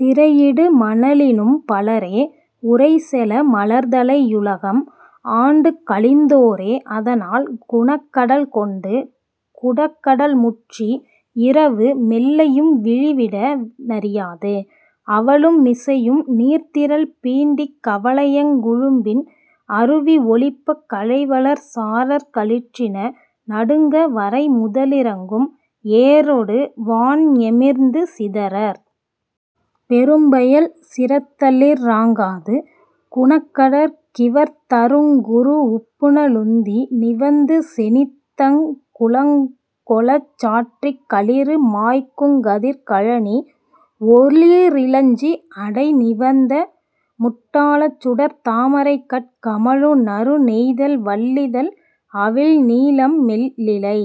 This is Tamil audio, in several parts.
திரையிடு மணலினும் பலரே உரைசெல மலர்தலை யுலகம் ஆண்டுகழிந் தோரே அதனால், குணகடல் கொண்டு குடகடல்முற்றி இரவு மெல்லையும் விளிவிட னறியாது அவலு மிசையு நீர்த்திரள் பீண்டிக் கவலையங் குழும்பின் அருவி ஒலிப்பக் கழைவளர் சாரற் களிற்றின நடுங்க வரைமுத லிரங்கும் ஏறொடு வான்ஞெமிர்ந்து சிதரற் பெரும்பெயல் சிறத்தலிற் றாங்காது குணகடற் கிவர்தருங் குரூஉப்புன லுந்தி நிவந்துசெ னீத்தங் குளங்கொளச் சாற்றிக் களிறு மாய்க்குங் கதிர்க் கழனி ஒளி றிலஞ்சி அடை நிவந்த முட் டாள சுடர்த் தாமரை கட் கமழு நறு நெய்தல் வள் ளிதழ் அவிழ் நீலம் மெல் லிலை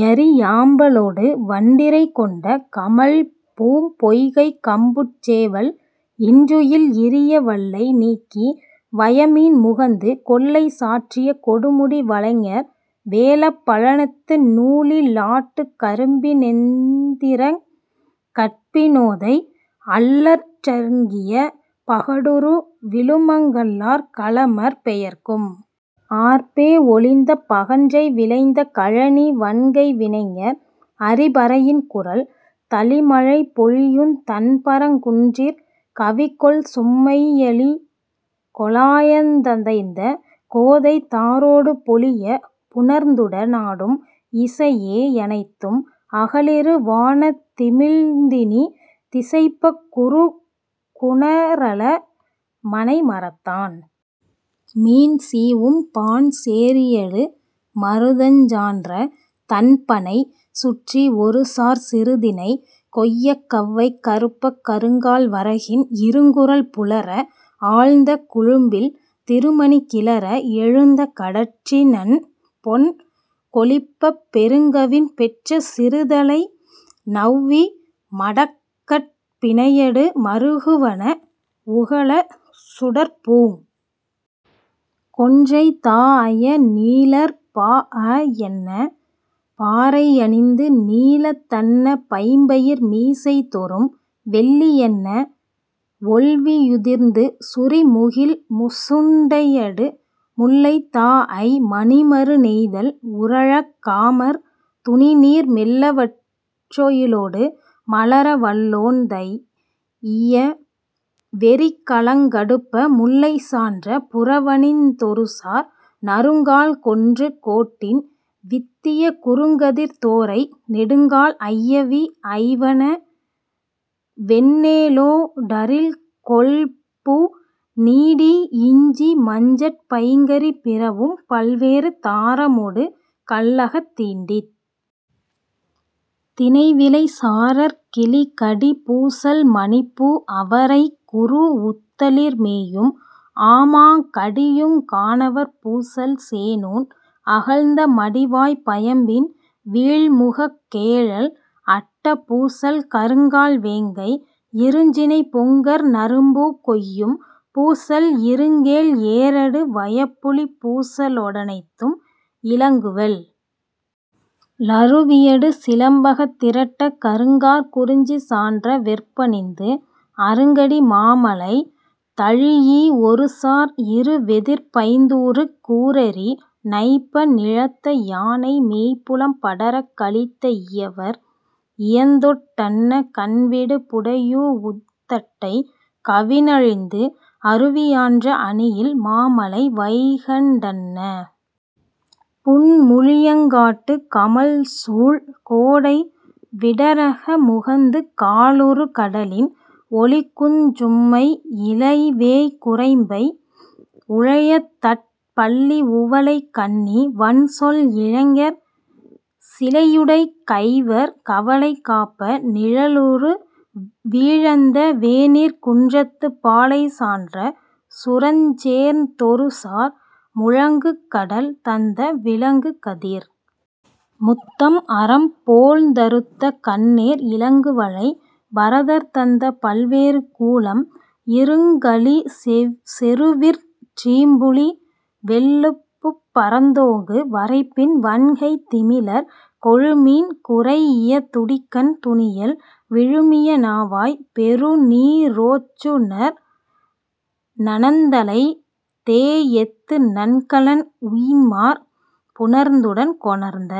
யரி யாம்பலொடு வண்டிறை கொண்ட கமழ்பூம் பொய்கைக் கம்புட் சேவல் இன்றுயில் இரிய வள்ளை நீக்கி வயமீன் முகந்து கொள்ளை சாற்றிய கொடுமுடி வலைஞர் வேழப் பழனத்து நூழி லாட்டுக் கரும்பி னெந்திரங் கட்பி னோதை அள்ளற் றங்கிய பகடுறு விழுமங் கள்ளார் களமர் பெயர்க்கும் ஆர்ப்பே ஒலிந்த பகன்றை விளைந்த கழனி வன்கை வினைஞர் அரிபறை யின்குரல் தளிமழை பொழியுந் தண்பரங் குன்றிற் கவிகொள் சும்மை யலிகொ ளாயந் ததைந்த கோதை தாரொடு பொலியப் புணர்ந்துட னாடும் இசையே யனைத்தும் அகலிரு வானத் திமிழ்ந்தினி திசைப்பக் குருகு நரல மனை மரத்தான் மீன் சீவும் பாண் சேரியடு மருதஞ் சான்ற தண்பணை சுற்றிஒருசார்ச் சிறுதினை கொய்யக் கவ்வை கறுப்பக் கருங்கால் வரகின் இருங்குரல் புலர ஆழ்ந்த குழும்பில் திருமணி கிளர எழுந்த கடற்றி னன்பொன் கொழிப்பப் பெருங்கவின் பெற்ற சிறுதலை நெளவி மடக்கட் பிணையடு மறுகுவன உகளச் சுடர்ப்பூங் கொன்றை தாஅய நீழற் பாஅ யன்ன பாறை யணிந்து நீலத் தன்ன பைம்பயிர் மிசைதொறும் வெள்ளி யன்ன வொள்வி யுதிர்ந்து சுரிமுகிழ் முசுண்டையடு முல்லை தாஅய் மணிமரு ணெய்தல் உறழக் காமர் துணிநீர் மெல்லவற் றொய்யிலொடு மலர வல்லொன் தைஇய வெறிக்களங் கடுப்ப முல்லை சான்ற புறவணிந் தொருசார் நறுங்காழ் கொன்று கோட்டின் வித்திய குறுங்கதிர்த் தோரை நெடுங்கால் ஐயவி ஐவன வெண்ணெலொ டரில்கொள்பு நீடி இஞ்சி மஞ்சட் பைங்கறி பிறவும் பல்வேறு தாரமொடு கல்லகத் தீண்டித். தினைவிளை சாரற் கிளிகடி பூசல் மணிப்பூ அவரைக் குரூஉத்தளிர் மேயும் ஆமா கடியுங் கானவர் பூசல் சேணோன் அகழ்ந்த மடிவாய்ப் பயம்பின் வீழ்முகக் கேழல் அட்ட பூசல் கருங்கால் வேங்கை இருஞ்சினைப் பொங்கர் நறும்பூக் கொய்யும் பூசல் இருங்கேழ் ஏறடு வயப்புலிப் பூசலொ டனைத்தும் இலங்குவெள் ளருவியடு சிலம்பகத் திரட்டக் கருங்காற் குறிஞ்சி சான்ற வெற்பணிந்து அருங்கடி மாமலை தழீஇ ஒருசார் இருவெதிர்ப் பைந்தூறு கூரெரி நைப்ப நிழத்த யானை மேய்புலம் படரக் கலித்த இயவர் இயந்தொட் டன்ன கண்விடு புடையூஉத் தட்டை கவினழிந்து அருவி யான்ற அணியில் மாமலை வைகண் டன்ன புன்முளி யங்காட்டுக் கமழ்சூழ் கோடை விடரக முகந்து காலுறு கடலின் ஒலிக்குஞ் சும்மை இலைவேய் குரம்பை உழையதட் பள்ளி உவலைக் கண்ணி வன்சொல் இளைஞர் சிலையுடைக் கையர் கவலை காப்ப நிழலுரு விழந்த வேனிற்குன் றத்துப் பாலை சான்ற சுரஞ்சேர்ந் தொருசார் முழங்குகடல் தந்த விளங்குகதிர் முத்தம் அரம்போழ்ந் தறுத்த கண்ணேர் இலங்குவளை பரதர் தந்த பல்வேறு கூலம் இருங்கழிச் செறுவிற் றீம்புளி வெள்ளுப்புப் பரந்தோங்கு வரைப்பின் வன்கைத் திமிலர் கொழுமீன் குறைஇய துடிக்கண் துணியல் விழுமிய நாவாய் பெருநீ ரோச்சுநர் நனந்தலை தேஎத்து நன்கலன் உய்ம்மார் புணர்ந்துடன் கொணர்ந்த